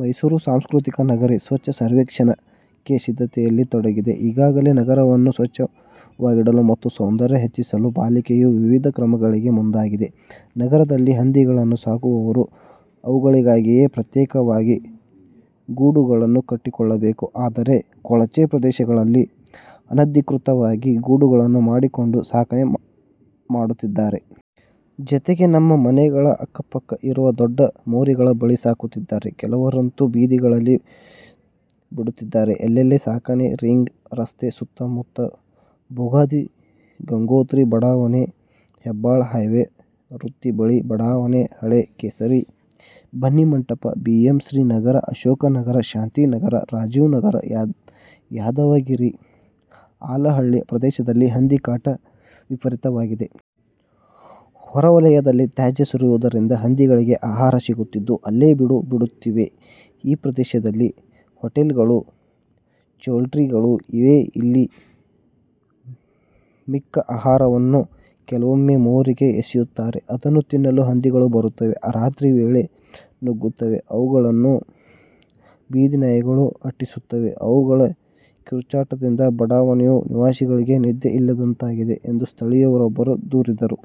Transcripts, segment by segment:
ಮೈಸೂರು: ಸಾಂಸ್ಕೃತಿಕ ನಗರಿ 'ಸ್ವಚ್ಛ ಸರ್ವೇಕ್ಷಣ್ 'ಕ್ಕೆ ಸಿದ್ಧತೆಯಲ್ಲಿ ತೊಡಗಿದೆ. ಈಗಾಗಲೇ ನಗರವನ್ನು ಸ್ವಚ್ಛವಾಗಿಡಲು ಮತ್ತು ಸೌಂದರ್ಯ ಹೆಚ್ಚಿಸಲು ಪಾಲಿಕೆಯು ವಿವಿಧ ಕ್ರಮಗಳಿಗೆ ಮುಂದಾಗಿದೆ. ನಗರದಲ್ಲಿ ಹಂದಿಗಳನ್ನು ಸಾಕುವವರು ಅವುಗಳಿಗಾಗಿಯೇ ಪ್ರತ್ಯೇಕವಾಗಿ ಗೂಡುಗಳನ್ನು ಕಟ್ಟಿಕೊಳ್ಳಬೇಕು. ಆದರೆ, ಕೊಳಚೆ ಪ್ರದೇಶಗಳಲ್ಲಿ ಅನಧಿಕೃತವಾಗಿ ಗೂಡುಗಳನ್ನು ಮಾಡಿಕೊಂಡು ಸಾಕಣೆ ಮಾಡುತ್ತಿದ್ದಾರೆ. ಜತೆಗೆ ನಮ್ಮ ಮನೆಗಳ ಅಕ್ಕಪಕ್ಕ ಇರುವ ದೊಡ್ಡ ಮೋರಿಗಳ ಬಳಿ ಸಾಕುತ್ತಿದ್ದಾರೆ. ಕೆಲವರಂತೂ ಬೀದಿಗಳಿಗೆ ಬಿಡುತ್ತಿದ್ದಾರೆ. ಎಲ್ಲೆಲ್ಲಿ ಸಾಕಣೆ: ರಿಂಗ್ ರಸ್ತೆ ಸುತ್ತ ಮುತ್ತ, ಬೋಗಾದಿ, ಗಂಗೋತ್ರಿ ಬಡಾವಣೆ, ಹೆಬ್ಬಾಳು, ಹೈವೇ ವೃತ್ತ ಬಳಿಯ ಬಡಾವಣೆ, ಹಳೆ ಕೆಸರೆ, ಬನ್ನಿಮಂಟಪ, ಬಿಎಂಶ್ರೀ ನಗರ, ಅಶೋಕನಗರ, ಶಾಂತಿ ನಗರ, ರಾಜೀವ್ ನಗರ, ಯಾದವಗಿರಿ, ಆಲನಹಳ್ಳಿ ಪ್ರದೇಶದಲ್ಲಿ ಹಂದಿ ಕಾಟ ವಿಪರೀತವಾಗಿದೆ. ಹೊರ ವಲಯದಲ್ಲಿ ತ್ಯಾಜ್ಯ ಸುರಿಯುವುದರಿಂದ ಹಂದಿಗಳಿಗೆ ಆಹಾರ ಸಿಗುತ್ತಿದ್ದು, ಅಲ್ಲೇ ಬೀಡು ಬಿಡುತ್ತಿವೆ. 'ಈ ಪ್ರದೇಶದಲ್ಲಿ ಹೋಟೆಲ್ಗಳು, ಚೌಲ್ಟ್ರಿಗಳು ಇವೆ. ಇಲ್ಲಿ ಮಿಕ್ಕ ಆಹಾರವನ್ನೂ ಕೆಲವೊಮ್ಮೆ ಮೋರಿಗೆ ಎಸೆಯುತ್ತಾರೆ. ಅದನ್ನು ತಿನ್ನಲು ಹಂದಿಗಳು ಬರುತ್ತವೆ. ರಾತ್ರಿಯ ವೇಳೆ ನುಗ್ಗುತ್ತವೆ. ಅವುಗಳನ್ನು ಬೀದಿ ನಾಯಿಗಳು ಅಟ್ಟಿಸುತ್ತವೆ. ಅವುಗಳ ಕಿರುಚಾಟದಿಂದ ಬಡಾವಣೆಯ ನಿವಾಸಿಗಳಿಗೆ ನಿದ್ದೆ ಇಲ್ಲದಂತಾಗಿದೆ' ಎಂದು ಸ್ಥಳೀಯರೊಬ್ಬರು ದೂರಿದರು.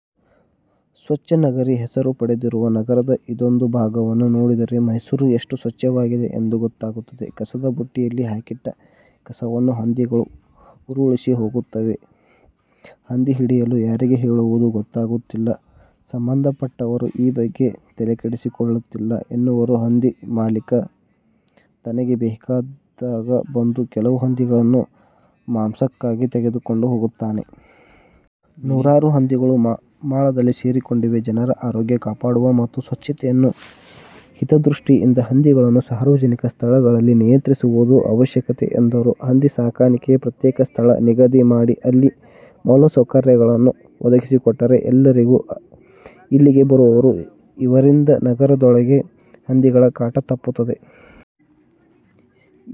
'ಸ್ವಚ್ಛ ನಗರಿ ಹೆಸರು ಪಡೆದಿರುವ ನಗರದ ಇದೊಂದು ಭಾಗವನ್ನು ನೋಡಿದರೆ ಮೈಸೂರು ಎಷ್ಟು ಸ್ವಚ್ಛವಾಗಿದೆ ಎಂದು ಗೊತ್ತಾಗುತ್ತದೆ. ಕಸದ ಬುಟ್ಟಿಯಲ್ಲಿ ಹಾಕಿಟ್ಟ ಕಸವನ್ನು ಹಂದಿಗಳು ಉರುಳಿಸಿ ಹೋಗುತ್ತವೆ. ಹಂದಿ ಹಿಡಿಯಲು ಯಾರಿಗೆ ಹೇಳುವುದು ಗೊತ್ತಾಗುತ್ತಿಲ್ಲ ಸಂಬಂಧಪಟ್ಟವರು ಈ ಬಗ್ಗೆ ತಲೆಕೆಡಿಸಿಕೊಳ್ಳುತ್ತಿಲ್ಲ' ಎನ್ನುವರು. 'ಹಂದಿ ಮಾಲೀಕ ತನಗೆ ಬೇಕಾದಾಗ ಬಂದು ಕೆಲವು ಹಂದಿಗಳನ್ನು ಮಾಂಸಕ್ಕಾಗಿ ತೆಗೆದುಕೊಂಡು ಹೋಗುತ್ತಾನೆ. ನೂರಾರು ಹಂದಿಗಳು ಮಾಳದಲ್ಲಿ ಸೇರಿಕೊಂಡಿವೆ. ಜನರ ಆರೋಗ್ಯ ಕಾಪಾಡುವ ಮತ್ತು ಸ್ವಚ್ಛತೆಯ ಹಿತದೃಷ್ಟಿಯಿಂದ ಹಂದಿಗಳನ್ನು ಸಾರ್ವಜನಿಕ ಸ್ಥಳಗಳಲ್ಲಿ ನಿಯಂತ್ರಿಸುವುದು ಅವಶ್ಯಕ' ಎಂದರು. 'ಹಂದಿ ಸಾಕಾಣಿಕೆಗೆ ಪ್ರತ್ಯೇಕ ಸ್ಥಳ ನಿಗದಿ ಮಾಡಿ, ಅಲ್ಲಿ ಮೂಲಸೌಕರ್ಯಗಳನ್ನು ಒದಗಿಸಿಕೊಟ್ಟರೆ ಎಲ್ಲರೂ ಇಲ್ಲಿಗೆ ಬರುವರು. ಇದರಿಂದ ನಗರದೊಳಗೆ ಹಂದಿಗಳ ಕಾಟ ತಪ್ಪುತ್ತದೆ.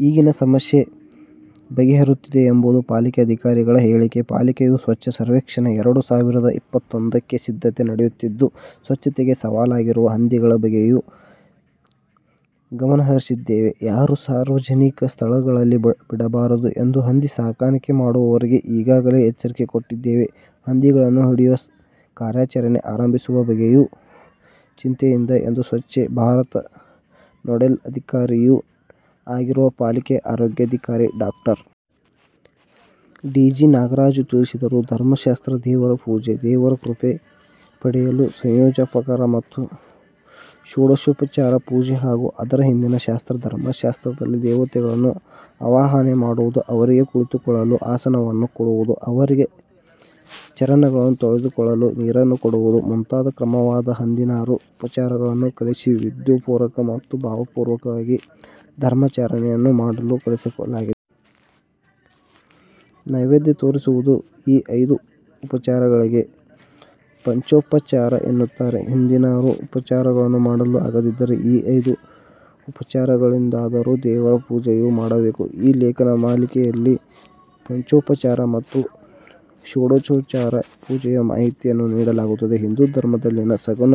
ಈಗಿನ ಸಮಸ್ಯೆ ಬಗೆಹರಿಯುತ್ತದೆ' ಎಂಬುದು ಪಾಲಿಕೆ ಅಧಿಕಾರಿಗಳ ಹೇಳಿಕೆ. ಪಾಲಿಕೆಯು ಸ್ವಚ್ಛ ಸರ್ವೇಕ್ಷಣ್–ಎರಡು ಸಾವಿರದ ಇಪ್ಪತ್ತೊಂದಕ್ಕೆ ಸಿದ್ಧತೆ ನಡೆಸುತ್ತಿದೆ. ಸ್ವಚ್ಛತೆಗೆ ಸವಾಲಾಗಿರುವ ಹಂದಿಗಳ ಬಗ್ಗೆಯೂ ಗಮನಹರಿಸಿದ್ದೇವೆ. ಯಾರೂ ಸಾರ್ವಜನಿಕ ಸ್ಥಳಗಳಲ್ಲಿ ಬಿಡಬಾರದು ಎಂದು ಹಂದಿ ಸಾಕಣೆ ಮಾಡುವವರಿಗೆ ಈಗಾಗಲೇ ಎಚ್ಚರಿಕೆ ಕೊಟ್ಟಿದ್ದೇವೆ. ಹಂದಿಗಳನ್ನು ಹಿಡಿಯುವ ಕಾರ್ಯಾಚರಣೆ ಆರಂಭಿಸುವ ಬಗ್ಗೆಯೂ ಚಿಂತನೆಯಿದೆ' ಎಂದು ಸ್ವಚ್ಛ ಭಾರತ್ ನೋಡೆಲ್ ಅಧಿಕಾರಿಯೂ ಆಗಿರುವ ಪಾಲಿಕೆ ಆರೋಗ್ಯಾಧಿಕಾರಿ ಡಾಕ್ಟರ್. ಡಿ. ಜಿ. ನಾಗರಾಜು ತಿಳಿಸಿದರು. ಧರ್ಮಶಾಸ್ತ್ರ ದೇವರ ಪೂಜೆ ದೇವರ ಕೃಪೆ ಪಡೆಯಲು ಪಂಚೋಪಚಾರ ಮತ್ತು ಷೋಡಶೋಪಚಾರ ಪೂಜೆ ಹಾಗೂ ಅದರ ಹಿಂದಿನ ಶಾಸ್ತ್ರ ಧರ್ಮಶಾಸ್ತ್ರದಲ್ಲಿ ದೇವತೆಗಳನ್ನು ಆವಾಹನೆ ಮಾಡುವುದು, ಅವರಿಗೆ ಕುಳಿತುಕೊಳ್ಳಲು ಆಸನವನ್ನು ಕೊಡುವುದು, ಅವರಿಗೆ ಚರಣಗಳನ್ನು ತೊಳೆದುಕೊಳ್ಳಲು ನೀರನ್ನು ಕೊಡುವುದು ಮುಂತಾದ ಕ್ರಮವಾದ ಹದಿನಾರು ಉಪಚಾರಗಳನ್ನು ಕಲಿಸಿ ವಿಧಿಪೂರ್ವಕ ಮತ್ತು ಭಾವಪೂರ್ಣವಾಗಿ ಧರ್ಮಾಚರಣೆಯನ್ನು ಮಾಡಲು ಕಲಿಸಲಾಗಿದೆ. ನೈವೇದ್ಯ ತೋರಿಸುವುದು ಈ ಐದು ಉಪಚಾರಗಳಿಗೆ 'ಪಂಚೋಪಚಾರ' ಎನ್ನುತ್ತಾರೆ. ಹದಿನಾರು ಉಪಚಾರಗಳನ್ನು ಮಾಡಲು ಆಗದಿದ್ದರೆ ಈ ಐದು ಉಪಚಾರಗಳಿಂದಾದರೂ ದೇವರ ಪೂಜೆಯನ್ನು ಮಾಡಬೇಕು. ಈ ಲೇಖನಮಾಲಿಕೆಯಲ್ಲಿ ಪಂಚೋಪಚಾರ ಮತ್ತು ಷೋಡಶೋಪಚಾರ ಪೂಜೆಯ ಮಾಹಿತಿಯನ್ನು ನೀಡಲಾಗುತ್ತದೆ. ಹಿಂದೂ ಧರ್ಮದಲ್ಲಿನ ಸಗುಣ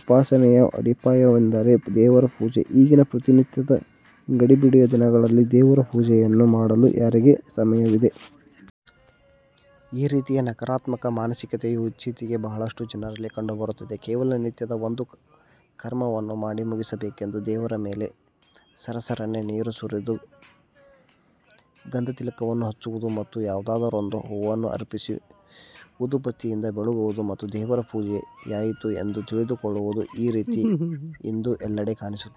ಉಪಾಸನೆಯ ಅಡಿಪಾಯವೆಂದರೆ 'ದೇವರ ಪೂಜೆ'. ಈಗಿನ 'ಪ್ರತಿನಿತ್ಯದ ಗಡಿಬಿಡಿಯ ದಿನಗಳಲ್ಲಿ ದೇವರ ಪೂಜೆ ಯನ್ನು ಮಾಡಲು ಯಾರಿಗೆ ಸಮಯವಿದೆ? ' ಈ ರೀತಿಯ ನಕಾರಾತ್ಮಕ ಮಾನಸಿಕತೆಯು ಇತ್ತೀಚಿಗೆ ಬಹಳಷ್ಟು ಜನರಲ್ಲಿ ಕಂಡುಬರುತ್ತಿದೆ. ಕೇವಲ ನಿತ್ಯದ ಒಂದು ಕರ್ಮವನ್ನು ಮಾಡಿ ಮುಗಿಸಬೇಕೆಂದು ದೇವರ ಮೇಲೆ ಸರಸರನೆ ನೀರು ಸುರಿದು ಗಂಧತಿಲಕವನ್ನು ಹಚ್ಚುವುದು ಮತ್ತು ಯಾವುದಾದರೊಂದು ಹೂವನ್ನು ಅರ್ಪಿಸಿ ಊದುಬತ್ತಿಯಿಂದ ಬೆಳಗುವುದು ಮತ್ತು 'ದೇವರ ಪೂಜೆ'ಯಾಯಿತು ಎಂದು ತಿಳಿದುಕೊಳ್ಳುವುದು; ಈ ರೀತಿ ಇಂದು ಎಲ್ಲೆಡೆ ಕಾಣಿಸುತ್ತಿದೆ.